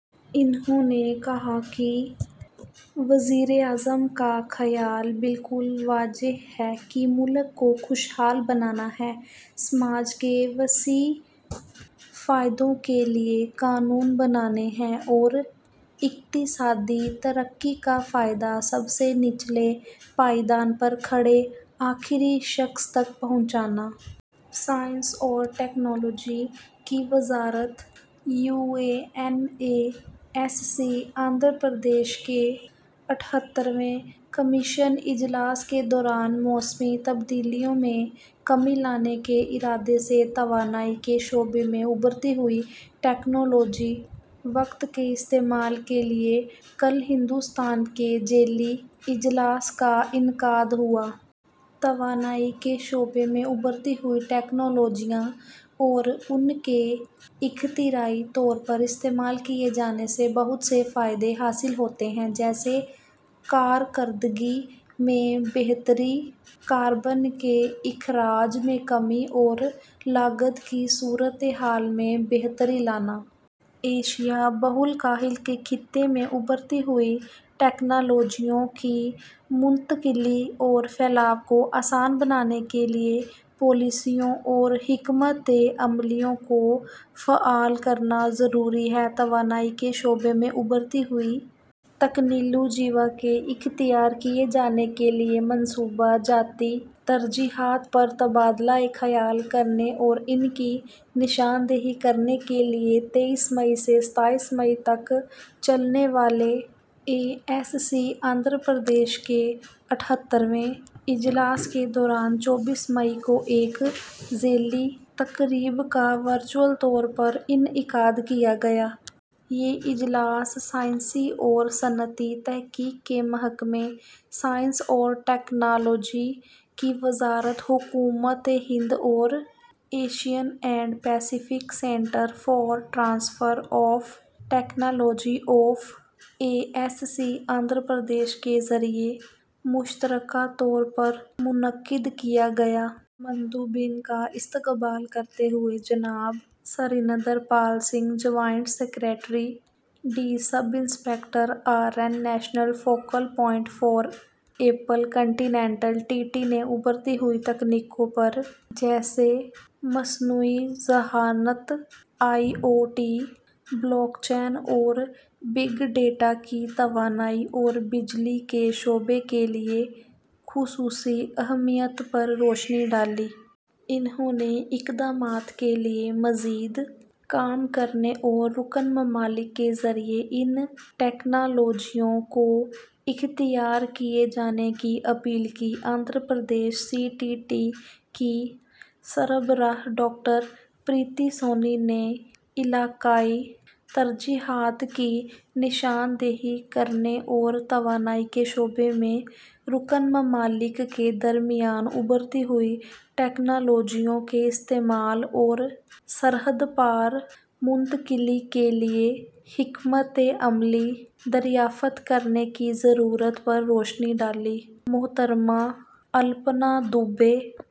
انھوں نے کہا کہ وزیراعظم کا خیال بالکل واضح ہے کہ ملک کو خوشحال بنانا ہے، سماج کے وسیع فائدوں کے لئے قانون بنانے ہیں اور اقتصادی ترقی کا فائدہ سب سے نچلے پائیدان پر کھڑے آخری شخص تک پہنچانا۔ سائنس اور ٹیکنالوجی کی وزارت U N E S C A P کے اٹھہتر ویں کمیشن اجلاس کے دوران موسمی تبدیلیوں میں کمی لانے کی غرض سے توانائی کے شعبے میں ابھرتی ہوئی ٹکنالوجیوں کے استعمال کے لئے کل ہندوستان کے ذیلی اجلاس کا انعقاد ہوا۔ توانائی کے شعبے میں ابھرتی ہوئی ٹکنالوجیاں اور ان کے اختراعی طور پر استعمال کئے جانے سے بہت سے فائدے حاصل ہوتے ہیں، جیسے کارکردگی میں بہتری، کاربن کے اخراج میں کمی اور لاگت کی صورتحال میں بہتری لانا۔ ایشیا – بحرالکاہل کے خطے میں ابھرتی ہوئی ٹکنالوجیوں کی منتقلی اور پھیلاؤ کو آسان بنانے کے لئے پالیسیوں اور حکمت عملیوں کو فعال کرنا ضروری ہے۔ توانائی کے شعبے میں ابھرتی ہوئی ٹکنالوجیوں کے اختیار کئے جانے کے لئے منصوبہ جاتی ترجیحات پر تبادلہ خیال کرنے اور ان کی نشاندہی کرنے کے لئے، تئیس مئی سے ستائیس مئی تک چلنے والے ای ایس سی اے پی کے اٹھہتر ویں اجلاس کے دوران چوبیس مئی کو ایک ذیلی تقریب کا ورچوئل طور پر انعقاد کیا گیا۔ یہ اجلاس سائنسی اور صنعتی تحقیق کے محکمے، سائنس اور ٹکنالوجی کی وزارت، حکومت ہند اور Asian and Pacific centre for transfer of technology of E S C A P کے ذریعہ مشترکہ طور پر منعقد کیا گیا۔ مندوبین کا استقبال کرتے ہوئے جناب Surinder Pal Singh, joint secretary D S I R and national focal point for A P C T T نے ابھرتی ہوئی ٹکنالوجیوں جیسے مصنوعی ذہانت، I O T, block chain اور بگ ڈاٹا کی توانائی اور بجلی کے شعبے کے لئے خصوصی اہمیت پر روشنی ڈالی۔ انہوں نے اقدامات کے لئے مزید کام کرنے اور رکن ممالک کے ذریعہ ان ٹکنالوجیوں کو اختیار کئے جانے کی اپیل کی۔ A P C T T کی سربراہ، ڈاکٹر پریتی سونی نے علاقائی ترجیحات کی نشاندہی کرنے اور توانائی کے شعبے میں رکن ممالک کے درمیان ابھرتی ہوئی ٹکنالوجیوں کے استعمال اور سرحد پار منتقلی کے لئے حکمت عملی دریافت کرنے کی ضرورت پر روشنی ڈالی۔ محترمہ الپنا دوبے